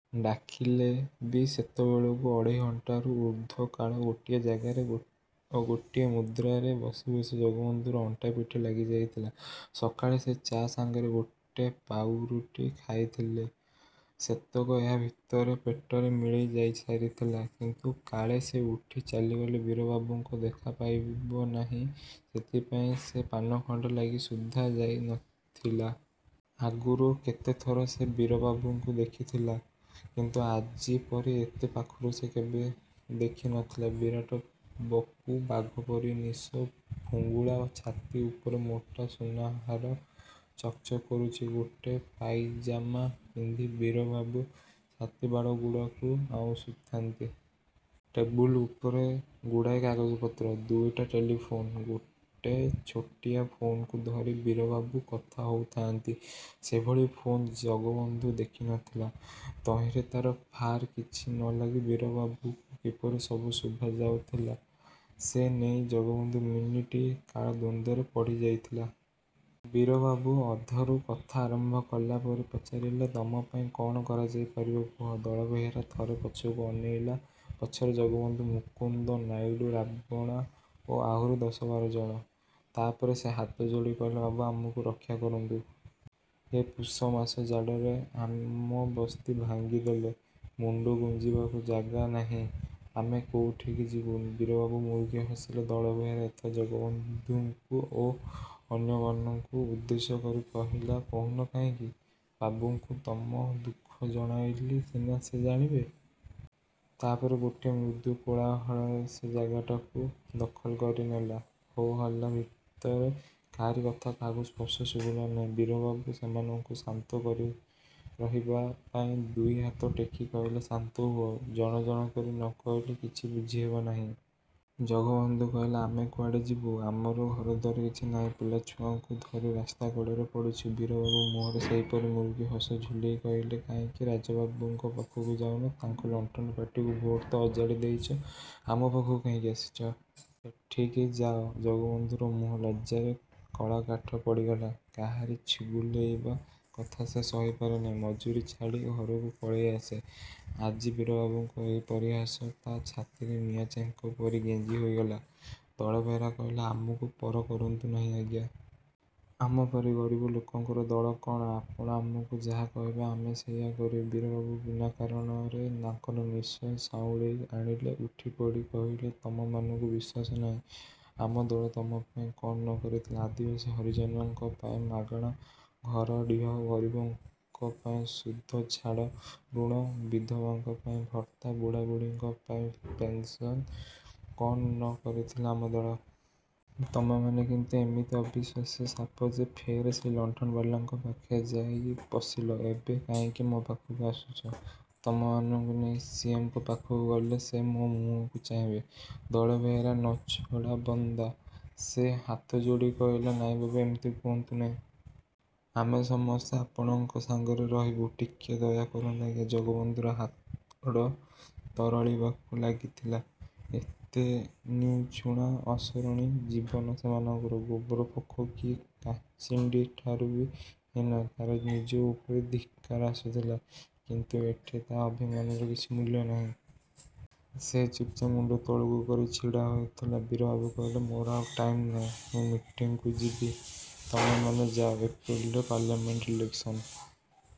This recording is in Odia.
ଡାକିଲେ ବି, ସେତେବେଳକୁ ଅଢ଼େଇ ଘଣ୍ଟାରୁ ଊର୍ଦ୍ଧ୍ୱ କାଳ ଗୋଟିଏ ଜାଗାରେ ଓ ଗୋଟିଏ ମୁଦ୍ରାରେ ବସି ବସି ଜଗବନ୍ଧୁର ଅଣ୍ଟାପିଠି ଲାଗିଯାଇଥିଲା। ସକାଳେ ସେ ଚା' ସାଙ୍ଗରେ ଗୋଟେ ପାଉଁରୁଟି ଖାଇଥିଲା। ସେତକ ଏହା ଭିତରେ ପେଟରେ ମିଳେଇ ଯାଇସାରିଥିଲା। କିନ୍ତୁ କାଳେ ସେ ଉଠି ଚାଲିଗଲେ ବୀରବାବୁଙ୍କ ଦେଖା ପାଇବ ନାହିଁ, ସେଥିପାଇଁ ସେ ପାନ ଖଣ୍ଡେ ଲାଗି ସୁଦ୍ଧା ଯାଇ ନଥିଲା। ଆଗରୁ କେତେଥର ସେ ବୀରବାବୁଙ୍କୁ ଦେଖିଥିଲା। କିନ୍ତୁ ଆଜି ପରି ଏତେ ପାଖରୁ ସେ କେବେ ଦେଖି ନଥିଲା। ବିରାଟ ବପୁ, ବାଘ ପରି ନିଶ। ଫୁଙ୍ଗୁଳା ଛାତି ଉପରେ ମୋଟା ସୁନାହାର ଚକ୍ ଚକ୍ କରୁଛି। ଗୋଟେ ପାଇଜାମା ପିନ୍ଧି ବୀରବାବୁ ଛାତିବାଳଗୁଡ଼ାକୁ ଆଉଁଶୁଥାନ୍ତି। ଟେବୁଲ ଉପରେ ଗୁଡ଼ାଏ କାଗଜପତ୍ର। ଦୁଇଟା ଟେଲିଫୋନ୍। ଗୋଟେ ଛୋଟିଆ ଫୋନ୍‌କୁ ଧରି ବୀରବାବୁ କଥା ହଉଥାଆନ୍ତି। ସେଭଳି ଫୋନ୍ ଜଗବନ୍ଧୁ ଦେଖି ନ ଥିଲା। ତହିଁରେ ତାର ଫାର କିଛି ନଲାଗି ବୀରବାବୁକୁ କିପରି ସବୁ ଶୁଭାଯାଉଥିଲା, ସେ ନେଇ ଜଗବନ୍ଧୁ ମିନିଟିଏ କାଳ ଦ୍ୱନ୍ଦ୍ୱରେ ପଡ଼ିଯାଇଥିଲା। ବୀରବାବୁ ଅଧାରୁ କଥା ଆରମ୍ଭ କଲା ପରି ପଚାରିଲେ, "ତମ ପାଇଁ କଣ କରାଯାଇପାରିବ କୁହ?" ଦଳବେହେରା ଥରେ ପଛକୁ ଅନେଇଲା। ପଛରେ ଜଗବନ୍ଧୁ, ମୁକୁନ୍ଦ, ନାଇଡୁ, ରାବଣା ଓ ଆହୁରି ଦଶ ବାର ଜଣ। ତାପରେ ସେ ହାତଯୋଡ଼ି କହିଲା, "ବାବୁ, ଆମକୁ ରକ୍ଷା କରନ୍ତୁ। ଏ ପୁଷମାସ ଜାଡ଼ରେ ଆମ ବସ୍ତି ଭାଙ୍ଗିଦେଲେ। ମୁଣ୍ଡ ଗୁଂଜିବାକୁ ଜାଗା ନାହିଁ। ଆମେ କୋଉଠିକୁ ଯିବୁ?" ବୀରବାବୁ ମୁରୁକି ହସିଲେ। ଦଳବେହେରା ଏଥର ଜଗବନ୍ଧୁକୁ ଓ ଅନ୍ୟମାନଙ୍କୁ ଉଦ୍ଦେଶ୍ୟ କରି କହିଲା, "କହୁନ କାହିଁକି? ବାବୁଙ୍କୁ ତମ ଦୁଃଖ ଜଣାଇଲେ ସିନା ସେ ଜାଣିବେ।" ତାପରେ ଗୋଟେ ମୃଦୁ କୋଳାହଳ ସେ ଜାଗାଟାକୁ ଦଖଲ କରି ନେଲା। ହୋ ହଲ୍ଲା ଭିତରେ କାହାରି କଥା କାହାକୁ ସ୍ପଷ୍ଟ ଶୁଭିଲା ନାହିଁ। ବୀରବାବୁ ସେମାନଙ୍କୁ ଶାନ୍ତ ରହିବା ପାଇଁ ଦୁଇହାତ ଟେକି କହିଲେ, "ଶାନ୍ତ ହୁଅ। ଜଣ ଜଣ କରି ନ କହିଲେ କିଛି ବୁଝିହେବ ନାହିଁ।" ଜଗବନ୍ଧୁ କହିଲା, "ଆମେ କୁଆଡ଼େ ଯିବୁ? ଆମର ଘରଦ୍ୱାର କିଛି ନାହିଁ। ପିଲାଛୁଆଙ୍କୁ ଧରି ରାସ୍ତାକଡ଼ରେ ପଡ଼ିଛୁ।" ବୀରବାବୁ ମୁହଁରେ ସେହିପରି ମୁରୁକି ହସ ଝୁଲେଇ କହିଲେ, "କାହିଁକି ରାଜୁବାବୁଙ୍କ ପାଖକୁ ଯାଉନ? ତାଙ୍କ ଲଣ୍ଠନ ପାର୍ଟିକୁ ଭୋଟ୍ ତ ଅଜାଡ଼ି ଦେଇଛ, ଆମ ପାଖକୁ କାହିଁକି ଆସୁଛ? ସେଠିକି ଯାଅ।" ଜଗବନ୍ଧୁର ମୁହଁ ଲଜ୍ଜାରେ କଳାକାଠ ପଡ଼ିଗଲା। କାହାରି ଛିଗୁଲେଇବା କଥା ସେ ସହିପାରେ ନାହିଁ, ମଜୁରି ଛାଡ଼ି ଘରକୁ ପଳେଇ ଆସେ। ଆଜି ବୀରବାବୁଙ୍କ ଏହି ପରିହାସ ତା ଛାତିରେ ନିଆଁଚେଙ୍କ ପରି ଗେଂଜି ହୋଇଗଲା। ଦଳବେହେରା କହିଲା, "ଆମକୁ ପର କରନ୍ତୁ ନାହିଁ, ଆଜ୍ଞା। ଆମ ପରି ଗରିବ ଲୋକଙ୍କର ଦଳ କଣ? ଆପଣ ଆମକୁ ଯାହା କହିବେ, ଆମେ ସେଇଆ କରିବୁ।" ବୀରବାବୁ ବିନା କାରଣରେ ତାଙ୍କର ନିଶ ସାଉଁଳେଇ ଆଣିଲେ। ଉଠିପଡ଼ି କହିଲେ, "ତମମାନଙ୍କୁ ବିଶ୍ୱାସ ନାହିଁ। ଆମ ଦଳ ତମ ପାଇଁ କଣ ନ କରିଥିଲା! ଆଦିବାସୀ ହରିଜନଙ୍କ ପାଇଁ ମାଗଣା ଘର ଡିହ, ଗରିବଙ୍କ ପାଇଁ ସୁଧଛାଡ଼ ଋଣ, ବିଧବାଙ୍କ ପାଇଁ ଭତ୍ତା, ବୁଢ଼ାବୁଢ଼ୀଙ୍କ ପାଇଁ ପେନ୍ସନ୍ କଣ ନ କରିଥିଲା ଆମ ଦଳ? ତମେମାନେ କିନ୍ତୁ ଏମିତି ଅବିଶ୍ୱାସୀ ସାପ ଯେ, ଫେର୍ ସେଇ ଲଣ୍ଠନବାଲାଙ୍କ ପାଖେ ଯାଇ ପଶିଲ। ଏବେ କାହିଁକି ମୋ ପାଖକୁ ଆସିଛ? ତମମାନଙ୍କୁ ନେଇ ସିଏମ୍‌ଙ୍କ ପାଖକୁ ଗଲେ ସେ ମୋ ମୁହଁକୁ ଚାହିଁବେ?" ଦଳବେହେରା ନଛୋଡ଼ାବନ୍ଦା। ସେ ହାତଯୋଡ଼ି କହିଲା, "ନାଇଁ ବାବୁ, ଏମିତି କୁହନ୍ତୁ ନାହିଁ। ଆମେ ସମସ୍ତେ ଆପଣଙ୍କ ସାଙ୍ଗରେ ରହିବୁ। ଟିକେ ଦୟା କରନ୍ତୁ ଆଜ୍ଞା।" ଜଗବନ୍ଧୁର ହାଡ଼ ତରଳିବାକୁ ଲାଗିଥିଲା। ଏତେ ନିଉଛୁଣା, ଅସରଣି ଜୀବନ ସେମାନଙ୍କର! ଗୋବର ପୋକ କି କାଚିଣ୍ଡିଠାରୁ ବି ହୀନ। ତାର ନିଜ ଉପରେ ଧିକ୍କାର ଆସୁଥିଲା। କିନ୍ତୁ ଏଠି ତା ଅଭିମାନର କିଛି ମୂଲ୍ୟ ନାହିଁ। ସେ ଚୁପ୍‌ଚାପ୍ ମୁଣ୍ଡ ତଳକୁ କରି ଛିଡ଼ା ହୋଇଥିଲା। ବୀରବାବୁ କହିଲେ, "ମୋର ଆଉ ଟାଇମ୍ ନାହିଁ। ମୁଁ ମିଟିଂକୁ ଯିବି। ତମେମାନେ ଯାଅ। ଏପ୍ରିଲରେ ପାର୍ଲାମେଣ୍ଟ ଇଲେକ୍ସନ୍।"